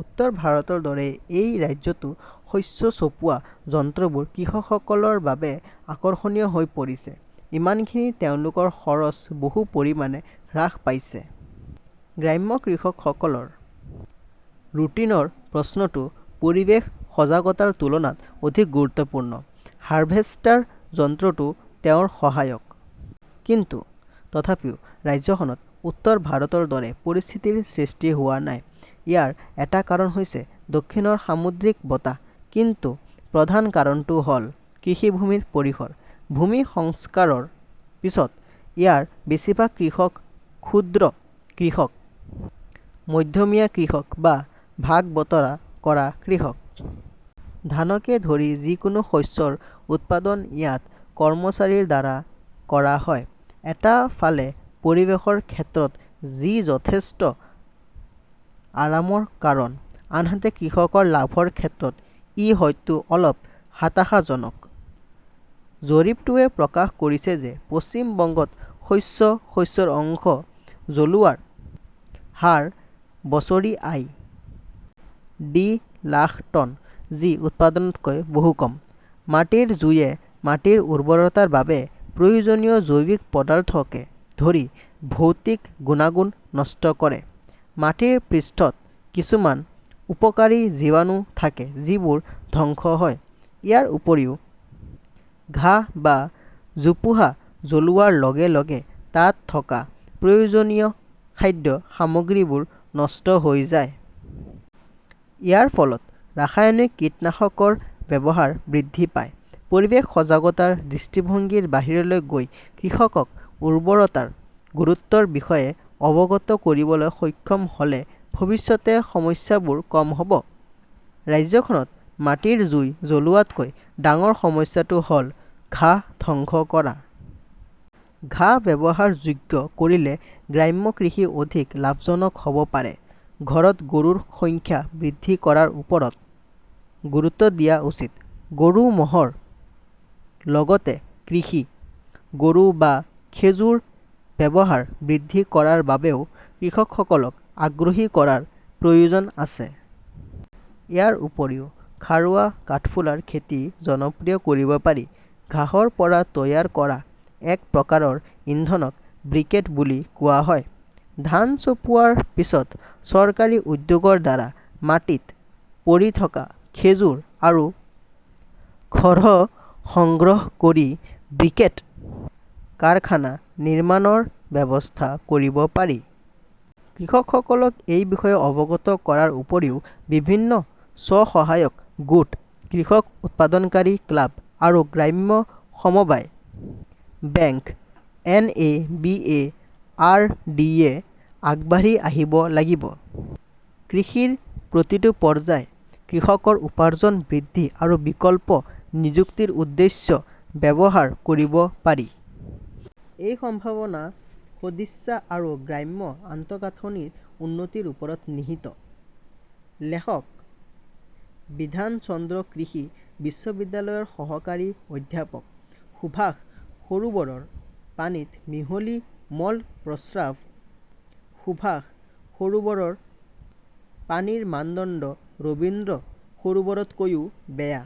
উত্তৰ ভাৰতৰ দৰে এই ৰাজ্যতো শস্য চপোৱা যন্ত্ৰবোৰ কৃষকসকলৰ বাবে আকৰ্ষণীয় হৈ পৰিছে। ইমানখিনি তেওঁলোকৰ খৰচ বহু পৰিমাণে হ্ৰাস পাইছে। গ্ৰাম্য কৃষকসকলৰ ৰুটিনৰ প্ৰশ্নটো পৰিৱেশ সজাগতাৰ তুলনাত অধিক গুৰুত্বপূৰ্ণ। হাৰভেষ্টাৰ যন্ত্ৰটো তেওঁৰ সহায়ক। কিন্তু তথাপিও ৰাজ্যখনত উত্তৰ ভাৰতৰ দৰে পৰিস্থিতিৰ সৃষ্টি হোৱা নাই, ইয়াৰ এটা কাৰণ হৈছে দক্ষিণৰ সামুদ্ৰিক বতাহ। কিন্তু প্ৰধান কাৰণটো হ'ল কৃষিভূমিৰ পৰিসৰ। ভূমি সংস্কাৰৰ পিছত, ইয়াৰ বেছিভাগ কৃষক ক্ষুদ্ৰ কৃষক, মধ্যমীয়া কৃষক বা ভাগ-বতৰা কৰা কৃষক। ধানকে ধৰি যিকোনো শস্যৰ উৎপাদন ইয়াত কৰ্মচাৰীৰ দ্বাৰা কৰা হয়। এটা ফালে পৰিৱেশৰ ক্ষেত্ৰত যি যথেষ্ট আৰামৰ কাৰণ, আনহাতে কৃষকৰ লাভৰ ক্ষেত্ৰত ই হয়তো অলপ হতাশাজনক। জৰীপটোৱে প্ৰকাশ কৰিছে যে পশ্চিম বংগত শস্য শস্যৰ অংশ জ্বলোৱাৰ হাৰ বছৰি আই. ডি. লাখ টন, যি উৎপাদনতকৈ বহু কম। মাটিৰ জুইয়ে মাটিৰ উৰ্বৰতাৰ বাবে প্ৰয়োজনীয় জৈৱিক পদাৰ্থকে ধৰি ভৌতিক গুণাগুণ নষ্ট কৰে। মাটিৰ পৃষ্ঠত কিছুমান উপকাৰী জীৱাণু থাকে যিবোৰ ধ্বংস হয়। ইয়াৰ উপৰিও ঘাঁহ বা জোপোহা জ্বলোৱাৰ লগে লগে তাত থকা প্ৰয়োজনীয় খাদ্য সামগ্ৰীবোৰ নষ্ট হৈ যায়। ইয়াৰ ফলত ৰাসায়নিক কীটনাশকৰ ব্যৱহাৰ বৃদ্ধি পায়। পৰিৱেশ সজাগতাৰ দৃষ্টিভংগীৰ বাহিৰলৈ গৈ কৃষকক উৰ্বৰতাৰ গুৰুত্বৰ বিষয়ে অৱগত কৰিবলৈ সক্ষম হ 'লে ভৱিষ্যতে সমস্যাবোৰ কম হ'ব। ৰাজ্যখনত মাটিৰ জুই জ্বলোৱাতকৈ ডাঙৰ সমস্যাটো হ'ল ঘাঁহ ধ্বংস কৰা। ঘাঁহ ব্যৱহাৰযোগ্য কৰিলে গ্ৰাম্য কৃষি অধিক লাভজনক হ'ব পাৰে। ঘৰত গৰুৰ সংখ্যা বৃদ্ধি কৰাৰ ওপৰত গুৰুত্ব দিয়া উচিত। গৰু-ম'হৰ লগতে কৃষি, গৰু বা খেজুৰ ব্যৱহাৰ বৃদ্ধি কৰাৰ বাবেও কৃষকসকলক আগ্ৰহী কৰাৰ প্ৰয়োজন আছে। ইয়াৰ উপৰিও খাৰুৱা কাঠফুলাৰ খেতি জনপ্ৰিয় কৰিব পাৰি। ঘাঁহৰ পৰা তৈয়াৰ কৰা এক প্ৰকাৰৰ ইন্ধনক ব্ৰিকেট বুলি কোৱা হয়। ধান চপোৱাৰ পিছত চৰকাৰী উদ্যোগৰ দ্বাৰা মাটিত পৰি থকা খেজুৰ আৰু খড় সংগ্ৰহ কৰি ব্ৰিকেট কাৰখানা নিৰ্মাণৰ ব্যৱস্থা কৰিব পাৰি। কৃষকসকলক এই বিষয়ে অৱগত কৰাৰ উপৰিও বিভিন্ন স্ব-সহায়ক গোট, কৃষক উৎপাদনকাৰী ক্লাব আৰু গ্ৰাম্য সমবায় bank, N. A. B. A. R. ডি.-য়ে আগবাঢ়ি আহিব লাগিব। কৃষিৰ প্ৰতিটো পৰ্যায় কৃষকৰ উপাৰ্জন বৃদ্ধি আৰু বিকল্প নিযুক্তিৰ উদ্দেশ্যে ব্যৱহাৰ কৰিব পাৰি। এই সম্ভাৱনা সদিচ্ছা আৰু গ্ৰাম্য আন্তঃগাঁথনিৰ উন্নতিৰ ওপৰত নিহিত। লেখকঃ বিধান চন্দ্ৰ কৃষি বিশ্ববিদ্যালয়ৰ সহকাৰী অধ্যাপক। সুভাষ সৰোবৰৰ পানীত মিহলি মল-প্ৰস্ৰাৱ সুভাষ সৰোবৰৰ পানীৰ মানদণ্ড ৰবীন্দ্ৰ সৰোবৰতকৈও বেয়া।